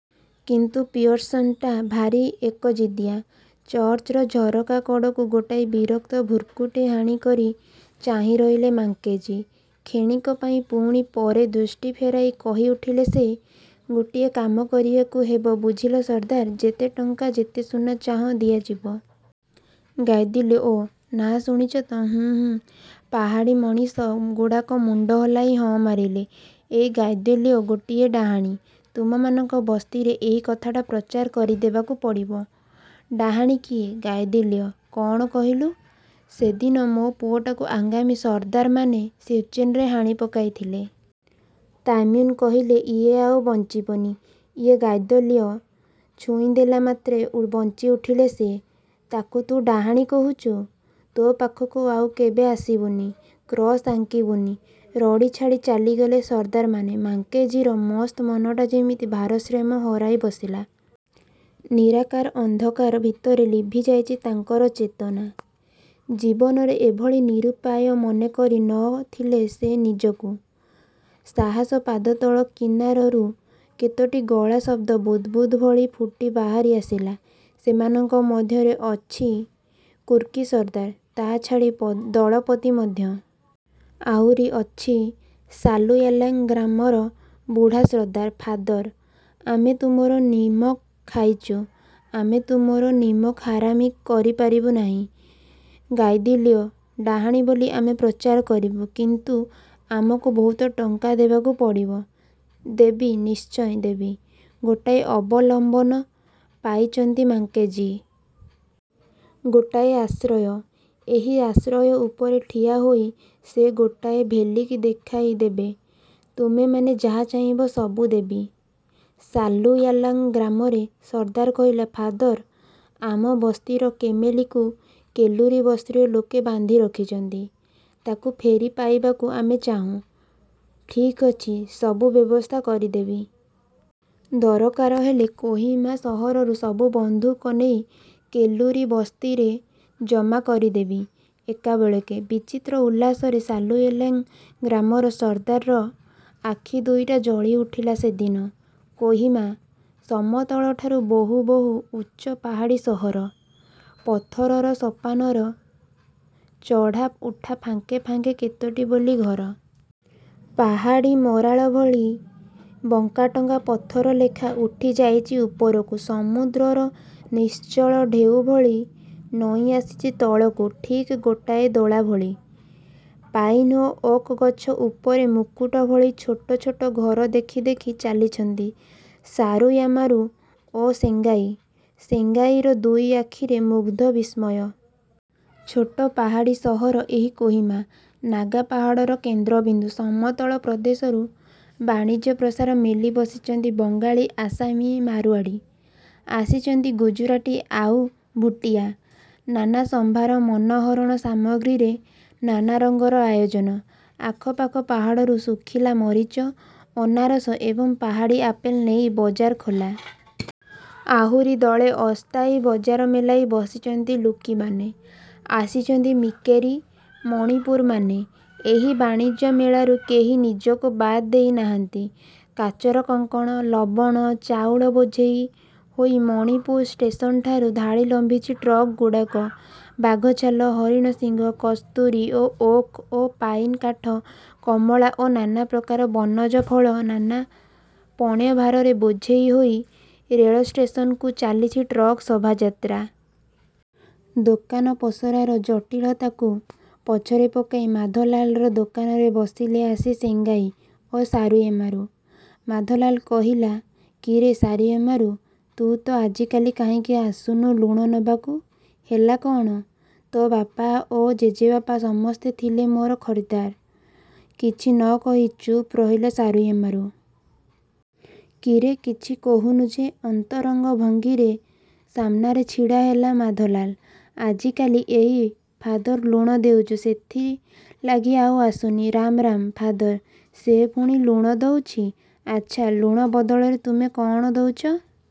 କିନ୍ତୁ ପିଅରସନ୍ଟା ଭାରି ଏକଜିଦିଆ। ଚର୍ଚ୍ଚର ଝରକା କଡ଼କୁ ଗୋଟାଏ ବିରକ୍ତ ଭୃକୁଟି ହାଣି କରି ଚାହିଁରହିଲେ ମାକେଂଜି। କ୍ଷଣିକ ପାଇଁ ପୁଣି ପରେ ଦୃଷ୍ଟି ଫେରାଇ କହିଉଠିଲେ ସେ। –ଗୋଟିଏ କାମ କରିବାକୁ ହେବ ବୁଝିଲ ସର୍ଦ୍ଦାର। ଯେତେ ଟଙ୍କା ଯେତେ ସୁନା ଚାହଁ ଦିଆଯିବ। ଗାଇଦିଲି ଓ ନାଁ ଶୁଣିଚ ତ। ହୁଁ ହୁଁ, ପାହାଡ଼ୀ ମଣିଷ ଗୁଡ଼ାକ ମୁଣ୍ଡ ହଲେଇ ହଁ ମାରିଲେ। ଏଇ ଗାଇଦିଲିଓ ଗୋଟାଏ ଡାହାଣୀ। ତୁମମାନଙ୍କ ବସ୍ତିରେ ଏଇ କଥାଟା ପ୍ରଚାର କରିଦେବାକୁ ପଡ଼ିବ। –ଡାହାଣୀ କିଏ, ଗାଇଦିଲିଓ? କଣ କହିଲୁ? ସେଦିନ ମୋ ପୁଅଟାକୁ ଆଙ୍ଗାମୀ ସର୍ଦ୍ଦାରମାନେ ସୁଚେନ୍ୟୁରେ ହାଣି ପକାଇଥିଲେ। ତାମୁନ୍ୟୁ କହିଲେ ଇଏ ଆଉ ବଞ୍ଚବନି। ଏଇ ଗାଇଦିଲିଓ ଛୁଇଁଦେଲା ମାତ୍ରେ ବଞ୍ଚିଉଠିଲା ସେ। ତାକୁ ତୁ ଡାହାଣୀ କହୁଛୁ? ତୋ ପାଖକୁ ଆଉ କେବେ ଆସିବୁନି। କ୍ରସ ଆଙ୍କିବୁନି। ରଡ଼ି ଛାଡ଼ି ଚାଲିଗଲେ ସର୍ଦ୍ଦାରମାନେ। ମାକେଞ୍ଜିର ମସ୍ତ ମନଟା ଯେମିତି ଭାରସାମ୍ୟ ହରେଇ ବସିଲା। ନିରାକାର ଅନ୍ଧକାର ଭିତରେ ଲିଭିଯାଇଚି ତାଙ୍କର ଚେତନା। ଜୀବନରେ ଏଭଳି ନିରୁପାୟ ମନେ କରି ନ ଥିଲେ ସେ ନିଜକୁ। ସହସା ପାଦତଳ କିନାରାରୁ କେତୋଟି ଗଳା ଶବ୍ଦ ବୁଦ୍ ବୁଦ୍ ଭଳି ଫୁଟି ବାହାରି ଆସିଲା। ସେମାନଙ୍କ ମଧ୍ୟରେ ଅଛି କୁକୀ ସର୍ଦ୍ଦାର। ତା ଛାଡ଼ି ଦଳପତି ମଧ୍ୟ। ଆଉରି ଅଛି ସାଲୁୟାଲାଙ୍ଗ ଗ୍ରାମର ବୁଢ଼ା ସର୍ଦ୍ଦାର। ଫାଦର। ଆମେ ତୁମର ନିମକ ଖାଇଚୁ, ଆମେ ତୁମର ନିମକହାରାମି କରିପାରିବୁ ନାହିଁ। ଗାଇଦିଲିଓ ଡାହାଣୀ ବୋଲି ଆମେ ପ୍ରଚାର କରିବୁ, କିନ୍ତୁ ଆମକୁ ବହୁତ ଟଙ୍କା ଦେବାକୁ ପଡ଼ିବ। –ଦେବି, ନିଶ୍ଚୟ ଦେବି, ଗୋଟାଏ ଅବଲମ୍ବନ ପାଇଚନ୍ତି ମାକେଞ୍ଜି। ଗୋଟାଏ ଆଶ୍ରୟ। ଏହି ଆଶ୍ରୟ ଉପରେ ଠିଆହୋଇ ସେ ଗୋଟାଏ ଭେଲିକି ଦେଖାଇ ଦେବେ। ତୁମେମାନେ ଯାହା ଚାହିଁବ ସବୁ ଦେବି। ସାଲୁୟାଲାଙ୍ଗ ଗ୍ରାମର ସର୍ଦ୍ଦାର କହିଲା–ଫାଦର। ଆମ ବସ୍ତିର କେମଲୀକୁ କେଲୁରୀ ବସ୍ତିର ଲୋକେ ବାନ୍ଧି ରଖିଛନ୍ତି –ତାକୁ ଫେରିପାଇବାକୁ ଆମେ ଚାହୁଁ। –ଠିକ୍ ଅଛି, ସବୁ ବ୍ୟବସ୍ଥା କରିଦେବି। ଦରକାର ହେଲେ କୋହିମା ସହରରୁ ସବୁ ବନ୍ଧୁକ ନେଇ କେଲୁରୀ ବସ୍ତିରେ ଜମା କରିଦେବି ଏକାବେଳକେ। ବିଚିତ୍ର ଉଲ୍ଲାସରେ ସାଲୁୟାଲାଙ୍ଗ ଗ୍ରାମର ସର୍ଦ୍ଦାରର ଆଖି ଦୁଇଟା ଜଳି ଉଠିଲା ସେଦିନ-। କୋହିମା। ସମତଳଠାରୁ ବହୁ, ବହୁ ଉଚ୍ଚରେ ପାହାଡ଼ୀ ସହର। ପଥରର ସୋପାନେ ଚଢ଼ା ଉଠାର ଫାଙ୍କେ ଫାଙ୍କେ କେତୋଟି ବୋଲି ଘର। ପାହାଡ଼ୀ ମରାଳ ଭଳି ବଙ୍କାଟଙ୍କା ପଥଲେଖା ଉଠିଯାଇଚି ଉପରକୁ–ସମୁଦ୍ରର ନିଶ୍ଚଳ ଢେଉଭଳି ନଇଁଆସିଚି ତଳକୁ ଠିକ୍ ଗୋଟାଏ ଦୋଳା ଭଳି। ପାଇନ ଓ ଓକ୍ ଗଛ ଉପରେ ମୁକୁଟ ଭଳି ଛୋଟ ଛୋଟ ଘର ଦେଖି ଦେଖି ଚାଲିଛନ୍ତି ସାରୁୟାମାରୁ ଓ ସେଙ୍ଗାଇ। ସେଙ୍ଗାଇର ଦୁଇ ଆଖିରେ ମୁଗ୍ଧ ବିସ୍ମୟ। ଛୋଟ ପାହାଡ଼ୀ ସହର ଏହି କୋହିମା। ନାଗା ପାହାଡ଼ର କେନ୍ଦ୍ର ବିନ୍ଦୁ। ସମତଳ ପ୍ରଦେଶରୁ ବାଣିଜ୍ୟପ୍ରସାର ମେଲି ବସିଛନ୍ତି ବଙ୍ଗାଳୀ, ଆସାମୀ, ମାରୁଆଡ଼ି। ଆସିଛନ୍ତି ଗୁଜୁରାଟୀ ଆଉ ଭୁଟିୟା। ନାନା ସଂଭାର, ମନୋହରଣ ସାମଗ୍ରୀରେ ନାନା ରଙ୍ଗର ଆୟୋଜନ। ଆଖପାଖ ପାହାଡ଼ରୁ ଶୁଖିଲା ମରିଚ, ଅନାରସ ଏବଂ ପାହାଡ଼ୀ ଆପେଲ ନେଇ ବଜାର ଖୋଲା। ଆହୁରି ଦଳେ ଅସ୍ଥାୟୀ ବଜାର ମେଲେଇ ବସିଛନ୍ତି କୁକୀମାନେ। ଆସିଛନ୍ତି ମିକେରୀ, ମଣିପୁରୀମାନେ। ଏହି ବାଣିଜ୍ୟ ମେଳାରୁ କେହି ନିଜକୁ ବାଦ ଦେଇ। ନାହାନ୍ତି। କାଚର କଙ୍କଣ, ଲବଣ, ଚାଉଳ ବୋଝେଇ ହୋଇ ମଣିପୁର ଷ୍ଟେସନଠାରୁ ଧାଡ଼ି ଲମ୍ବିଚି ଟ୍ରକ ଗୁଡ଼ିକ। ବାଘଛାଲ, ହରିଣଶିଙ୍ଗ, କସ୍ତୁରୀ, ଓକ ଓ ପାଇନ କାଠ, କମଳା ଓ ନାନା ପ୍ରକାର ବନଜ ଫଳ–ନାନା ପଣ୍ୟଭାରରେ ବୋଝେଇ ହୋଇ ରେଳଷ୍ଟେସନକୁ ଚାଲିଚି ଟ୍ରକ ଶୋଭାଯାତ୍ରା-। ଦୋକାନ ପସରାର ଜଟିଳତାକୁ ପଛରେ ପକାଇ ମାଧୋଲାଲର ଦୋକାନରେ ବସିଲେ ଆସି ସେଙ୍ଗାଇ ଓ ସାରୁୟାମାରୁ। ମାଧୋଲାଲ କହିଲା କିରେ ସାରୁୟାମାରୁ–ତୁ ତ ଆଜିକାଲି କାହିଁକି ଆସୁନୁ ଲୁଣ ନେବାକୁ? ହେଲା କ'ଣ? ତୋ ବାପା ଓ ଜେଜେବାପା ସମସ୍ତେ ଥିଲେ ମୋର ଖରିଦ୍ଦାର। କିଛି ନ କହି ଚୁପ୍ ରହିଲା ସାରୁୟାମାରୁ। କିରେ, କିଛି କହୁନୁ ଯେ। ଅନ୍ତରଙ୍ଗ ଭଙ୍ଗୀରେ ସାମନାରେ ଛିଡ଼ାହେଲା ମାଧୋଲାଲ। ଆଜିକାଲି ଏଇ ଫାଦର ଲୁଣ ଦେଉଚି, ସେଇଥିଲାଗି ଆଉ ଆସୁନି। ରାମ, ରାମ, ଫାଦର! ସେ ପୁଣି ଲୁଣ ଦେଉଚି? ଆଚ୍ଛା, ଲୁଣ ବଦଳରେ ତୁମେ କଣ ଦେଉଚ?